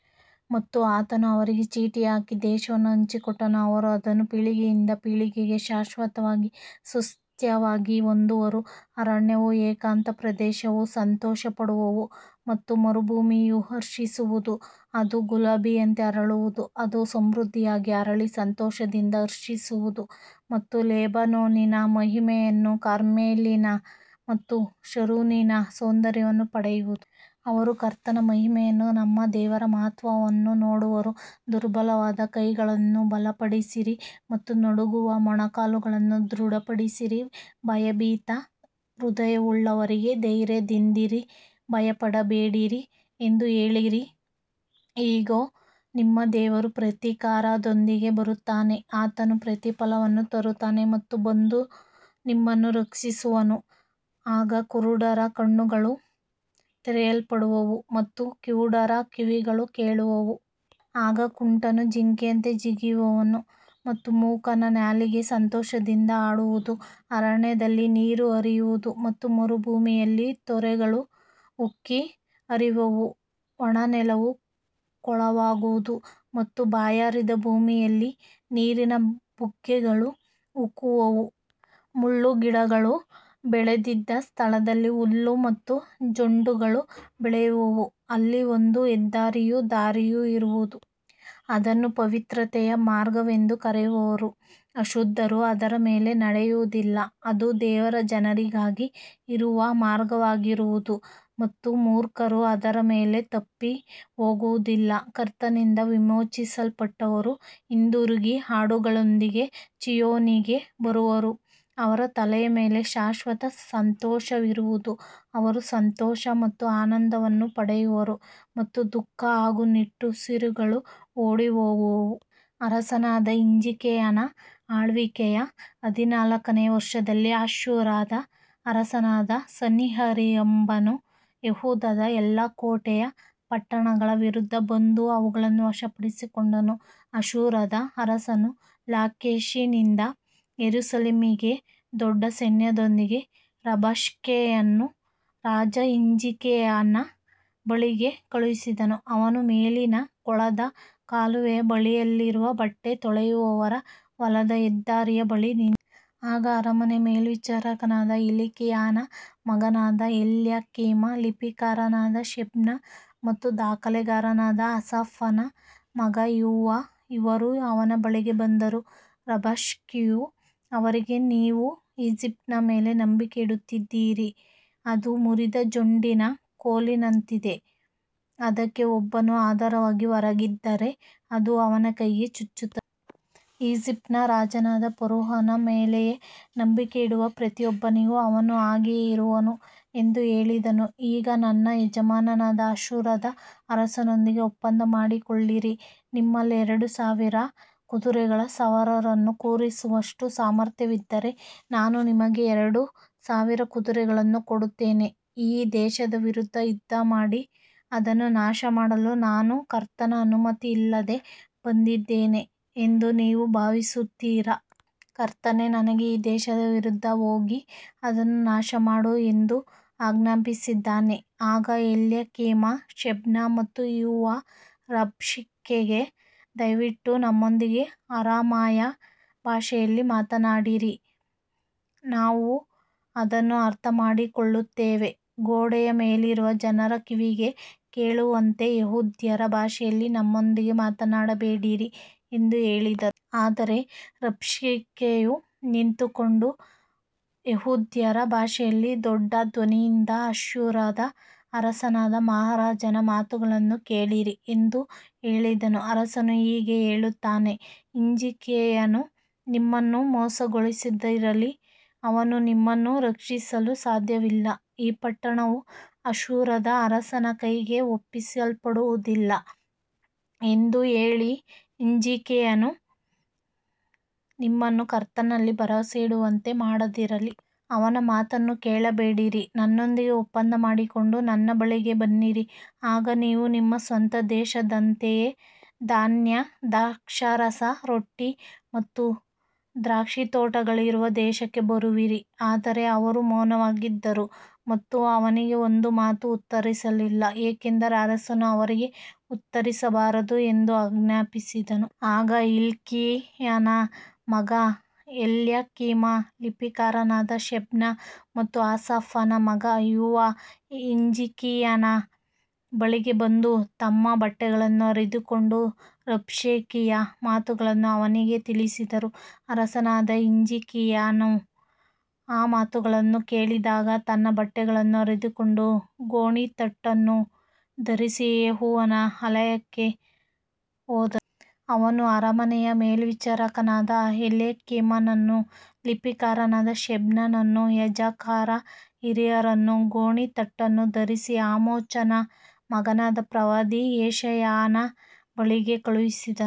ಮತ್ತು ಆತನು ಅವರಿಗೆ ಚೀಟಿ ಹಾಕಿ ದೇಶವನ್ನು ಹಂಚಿಕೊಟ್ಟನು. ಅವರು ಅದನ್ನು ಪೀಳಿಗೆಯಿಂದ ಪೀಳಿಗೆಗೆ ಶಾಶ್ವತವಾಗಿ ಸ್ವಾಸ್ತ್ಯವಾಗಿ ಹೊಂದುವರು. ಅರಣ್ಯವೂ ಏಕಾಂತ ಪ್ರದೇಶವೂ ಸಂತೋಷಪಡುವವು ಮತ್ತು ಮರುಭೂಮಿಯೂ ಹರ್ಷಿಸುವುದು. ಅದು ಗುಲಾಬಿಯಂತೆ ಅರಳುವುದು. ಅದು ಸಮೃದ್ಧಿಯಾಗಿ ಅರಳಿ ಸಂತೋಷದಿಂದ ಹರ್ಷಿಸುವುದು ಮತ್ತು ಲೆಬನೋನಿನ ಮಹಿಮೆಯನ್ನೂ ಕಾರ್ಮೆಲಿನ ಮತ್ತು ಶಾರೋನಿನ ಸೌಂದರ್ಯವನ್ನೂ ಪಡೆಯುವುದು. ಅವರು ಕರ್ತನ ಮಹಿಮೆಯನ್ನೂ ನಮ್ಮ ದೇವರ ಮಹತ್ತ್ವವನ್ನೂ ನೋಡುವರು. ದುರ್ಬಲವಾದ ಕೈಗಳನ್ನು ಬಲಪಡಿಸಿರಿ ಮತ್ತು ನಡುಗುವ ಮೊಣಕಾಲುಗಳನ್ನು ದೃಢಪಡಿಸಿರಿ. ಭಯಭೀತ ಹೃದಯವುಳ್ಳವರಿಗೆ ಧೈರ್ಯದಿಂದಿರಿ, ಭಯಪಡಬೇಡಿರಿ ಎಂದು ಹೇಳಿರಿ. ಇಗೋ, ನಿಮ್ಮ ದೇವರು ಪ್ರತೀಕಾರದೊಂದಿಗೆ ಬರುತ್ತಾನೆ. ಆತನು ಪ್ರತಿಫಲವನ್ನು ತರುತ್ತಾನೆ ಮತ್ತು ಬಂದು ನಿಮ್ಮನ್ನು ರಕ್ಷಿಸುವನು. ಆಗ ಕುರುಡರ ಕಣ್ಣುಗಳು ತೆರೆಯಲ್ಪಡುವವು ಮತ್ತು ಕಿವುಡರ ಕಿವಿಗಳು ಕೇಳುವವು. ಆಗ ಕುಂಟನು ಜಿಂಕೆಯಂತೆ ಜಿಗಿಯುವನು ಮತ್ತು ಮೂಕನ ನಾಲಿಗೆ ಸಂತೋಷದಿಂದ ಹಾಡುವುದು. ಅರಣ್ಯದಲ್ಲಿ ನೀರು ಹರಿಯುವುದು ಮತ್ತು ಮರುಭೂಮಿಯಲ್ಲಿ ತೊರೆಗಳು ಉಕ್ಕಿ ಹರಿಯುವವು. ಒಣನೆಲವು ಕೊಳವಾಗುವುದು ಮತ್ತು ಬಾಯಾರಿದ ಭೂಮಿಯಲ್ಲಿ ನೀರಿನ ಬುಗ್ಗೆಗಳು ಉಕ್ಕುವವು. ಮುಳ್ಳುಗಿಡಗಳು ಬೆಳೆದಿದ್ದ ಸ್ಥಳದಲ್ಲಿ ಹುಲ್ಲು ಮತ್ತು ಜೊಂಡುಗಳು ಬೆಳೆಯುವವು. ಅಲ್ಲಿ ಒಂದು ಹೆದ್ದಾರಿಯೂ ದಾರಿಯೂ ಇರುವುದು. ಅದನ್ನು ಪವಿತ್ರತೆಯ ಮಾರ್ಗವೆಂದು ಕರೆಯುವರು. ಅಶುದ್ಧರು ಅದರ ಮೇಲೆ ನಡೆಯುವುದಿಲ್ಲ. ಅದು ದೇವರ ಜನರಿಗಾಗಿ ಇರುವ ಮಾರ್ಗವಾಗಿರುವುದು ಮತ್ತು ಮೂರ್ಖರೂ ಅದರ ಮೇಲೆ ತಪ್ಪಿಹೋಗುವುದಿಲ್ಲ. ಕರ್ತನಿಂದ ವಿಮೋಚಿಸಲ್ಪಟ್ಟವರು ಹಿಂದಿರುಗಿ ಹಾಡುಗಳೊಂದಿಗೆ ಚೀಯೋನಿಗೆ ಬರುವರು. ಅವರ ತಲೆಯ ಮೇಲೆ ಶಾಶ್ವತ ಸಂತೋಷವಿರುವುದು. ಅವರು ಸಂತೋಷ ಮತ್ತು ಆನಂದವನ್ನು ಪಡೆಯುವರು ಮತ್ತು ದುಃಖ ಹಾಗೂ ನಿಟ್ಟುಸಿರುಗಳು ಓಡಿಹೋಗುವವು. ಅರಸನಾದ ಹಿಜ್ಕೀಯನ ಆಳ್ವಿಕೆಯ ಹದಿನಾಲ್ಕನೆಯ ವರ್ಷದಲ್ಲಿ ಅಶ್ಶೂರದ ಅರಸನಾದ ಸನ್ಹೇರೀಬನು ಯೆಹೂದದ ಎಲ್ಲಾ ಕೋಟೆಯ ಪಟ್ಟಣಗಳ ವಿರುದ್ಧ ಬಂದು ಅವುಗಳನ್ನು ವಶಪಡಿಸಿಕೊಂಡನು. ಅಶ್ಶೂರದ ಅರಸನು ಲಾಕೀಷಿನಿಂದ ಯೆರೂಸಲೇಮಿಗೆ ದೊಡ್ಡ ಸೈನ್ಯದೊಂದಿಗೆ ರಬ್ಷಾಕೆಯನ್ನು ರಾಜ ಹಿಜ್ಕೀಯನ ಬಳಿಗೆ ಕಳುಹಿಸಿದನು. ಅವನು ಮೇಲಿನ ಕೊಳದ ಕಾಲುವೆಯ ಬಳಿಯಲ್ಲಿರುವ ಬಟ್ಟೆ ತೊಳೆಯುವವರ ಹೊಲದ ಹೆದ್ದಾರಿಯ ಬಳಿ ನಿಂತನು. ಆಗ ಅರಮನೆಯ ಮೇಲ್ವಿಚಾರಕನಾದ ಹಿಲ್ಕೀಯನ ಮಗ ಎಲ್ಯಾಕೀಮ, ಲಿಪಿಕಾರನಾದ ಶೆಬ್ನ ಮತ್ತು ದಾಖಲೆಗಾರನಾದ ಆಸಾಫನ ಮಗ ಯೋವ ಇವರು ಅವನ ಬಳಿಗೆ ಬಂದರು. ರಬ್ಷಾಕೆಯು ಅವರಿಗೆ, ನೀವು ಈಜಿಪ್ಟಿನ ಮೇಲೆ ನಂಬಿಕೆ ಇಡುತ್ತಿದ್ದೀರಾ? ಅದು ಮುರಿದ ಜೊಂಡಿನ ಕೋಲಿನಂತಿದೆ. ಅದಕ್ಕೆ ಒಬ್ಬನು ಆಧಾರವಾಗಿ ಒರಗಿದರೆ ಅದು ಅವನ ಕೈಗೆ ಚುಚ್ಚುತ್ತದೆ. ಈಜಿಪ್ಟಿನ ರಾಜನಾದ ಫರೋಹನ ಮೇಲೆಯೇ ನಂಬಿಕೆ ಇಡುವ ಪ್ರತಿಯೊಬ್ಬನಿಗೂ ಅವನು ಹಾಗೆಯೇ ಇರುವನು ಎಂದು ಹೇಳಿದನು. ಈಗ ನನ್ನ ಯಜಮಾನನಾದ ಅಶ್ಶೂರದ ಅರಸನೊಂದಿಗೆ ಒಪ್ಪಂದ ಮಾಡಿಕೊಳ್ಳಿರಿ. ನಿಮ್ಮಲ್ಲಿ ಎರಡು ಸಾವಿರ ಕುದುರೆಗಳ ಸವಾರರನ್ನು ಕೂರಿಸುವಷ್ಟು ಸಾಮರ್ಥ್ಯವಿದ್ದರೆ ನಾನು ನಿಮಗೆ ಎರಡು ಸಾವಿರ ಕುದುರೆಗಳನ್ನು ಕೊಡುತ್ತೇನೆ. ಈ ದೇಶದ ವಿರುದ್ಧ ಯುದ್ಧಮಾಡಿ ಅದನ್ನು ನಾಶಮಾಡಲು ನಾನು ಕರ್ತನ ಅನುಮತಿಯಿಲ್ಲದೆ ಬಂದಿದ್ದೇನೆ ಎಂದು ನೀವು ಭಾವಿಸುತ್ತೀರಾ? ಕರ್ತನೇ ನನಗೆ ಈ ದೇಶದ ವಿರುದ್ಧ ಹೋಗಿ ಅದನ್ನು ನಾಶಮಾಡು ಎಂದು ಆಜ್ಞಾಪಿಸಿದ್ದಾನೆ. ಆಗ ಎಲ್ಯಾಕೀಮ, ಶೆಬ್ನ ಮತ್ತು ಯೋವ ರಬ್ಷಾಕೆಗೆ, ದಯವಿಟ್ಟು ನಮ್ಮೊಂದಿಗೆ ಅರಾಮಾಯ ಭಾಷೆಯಲ್ಲಿ ಮಾತನಾಡಿರಿ. ನಾವು ಅದನ್ನು ಅರ್ಥಮಾಡಿಕೊಳ್ಳುತ್ತೇವೆ. ಗೋಡೆಯ ಮೇಲಿರುವ ಜನರ ಕಿವಿಗೆ ಕೇಳುವಂತೆ ಯೆಹೂದ್ಯರ ಭಾಷೆಯಲ್ಲಿ ನಮ್ಮೊಂದಿಗೆ ಮಾತನಾಡಬೇಡಿರಿ ಎಂದು ಹೇಳಿದರು. ಆದರೆ ರಬ್ಷಾಕೆಯು ನಿಂತುಕೊಂಡು ಯೆಹೂದ್ಯರ ಭಾಷೆಯಲ್ಲಿ ದೊಡ್ಡ ಧ್ವನಿಯಿಂದ, ಅಶ್ಶೂರದ ಅರಸನಾದ ಮಹಾರಾಜನ ಮಾತುಗಳನ್ನು ಕೇಳಿರಿ ಎಂದು ಹೇಳಿದನು. ಅರಸನು ಹೀಗೆ ಹೇಳುತ್ತಾನೆ. ಹಿಜ್ಕೀಯನು ನಿಮ್ಮನ್ನು ಮೋಸಗೊಳಿಸದಿರಲಿ. ಅವನು ನಿಮ್ಮನ್ನು ರಕ್ಷಿಸಲು ಸಾಧ್ಯವಿಲ್ಲ. ಈ ಪಟ್ಟಣವು ಅಶ್ಶೂರದ ಅರಸನ ಕೈಗೆ ಒಪ್ಪಿಸಲ್ಪಡುವುದಿಲ್ಲ ಎಂದು ಹೇಳಿ ಹಿಜ್ಕೀಯನು ನಿಮ್ಮನ್ನು ಕರ್ತನಲ್ಲಿ ಭರವಸೆಯಿಡುವಂತೆ ಮಾಡದಿರಲಿ. ಅವನ ಮಾತನ್ನು ಕೇಳಬೇಡಿರಿ. ನನ್ನೊಂದಿಗೆ ಒಪ್ಪಂದ ಮಾಡಿಕೊಂಡು ನನ್ನ ಬಳಿಗೆ ಬನ್ನಿರಿ. ಆಗ ನೀವು ನಿಮ್ಮ ಸ್ವಂತ ದೇಶದಂತೆಯೇ ಧಾನ್ಯ, ದ್ರಾಕ್ಷಾರಸ, ರೊಟ್ಟಿ ಮತ್ತು ದ್ರಾಕ್ಷಿತೋಟಗಳಿರುವ ದೇಶಕ್ಕೆ ಬರುವಿರಿ. ಆದರೆ ಅವರು ಮೌನವಾಗಿದ್ದರು ಮತ್ತು ಅವನಿಗೆ ಒಂದು ಮಾತೂ ಉತ್ತರಿಸಲಿಲ್ಲ. ಏಕೆಂದರೆ ಅರಸನು ಅವರಿಗೆ ಉತ್ತರಿಸಬಾರದು ಎಂದು ಆಜ್ಞಾಪಿಸಿದ್ದನು. ಆಗ ಹಿಲ್ಕೀಯನ ಮಗ ಎಲ್ಯಾಕೀಮ, ಲಿಪಿಕಾರನಾದ ಶೆಬ್ನ ಮತ್ತು ಆಸಾಫನ ಮಗ ಯೋವ ಹಿಜ್ಕೀಯನ ಬಳಿಗೆ ಬಂದು ತಮ್ಮ ಬಟ್ಟೆಗಳನ್ನು ಹರಿದುಕೊಂಡು ರಬ್ಷಾಕೆಯ ಮಾತುಗಳನ್ನು ಅವನಿಗೆ ತಿಳಿಸಿದರು. ಅರಸನಾದ ಹಿಜ್ಕೀಯನು ಆ ಮಾತುಗಳನ್ನು ಕೇಳಿದಾಗ ತನ್ನ ಬಟ್ಟೆಗಳನ್ನು ಹರಿದುಕೊಂಡು ಗೋಣಿತಟ್ಟನ್ನು ಧರಿಸಿ ಯೆಹೋವನ ಆಲಯಕ್ಕೆ ಹೋದನು. ಅವನು ಅರಮನೆಯ ಮೇಲ್ವಿಚಾರಕನಾದ ಎಲ್ಯಾಕೀಮನನ್ನೂ ಲಿಪಿಕಾರನಾದ ಶೆಬ್ನನನ್ನೂ ಯಾಜಕರ ಹಿರಿಯರನ್ನೂ ಗೋಣಿತಟ್ಟನ್ನು ಧರಿಸಿ ಆಮೋಚನ ಮಗನಾದ ಪ್ರವಾದಿ ಯೆಶಾಯನ ಬಳಿಗೆ ಕಳುಹಿಸಿದನು.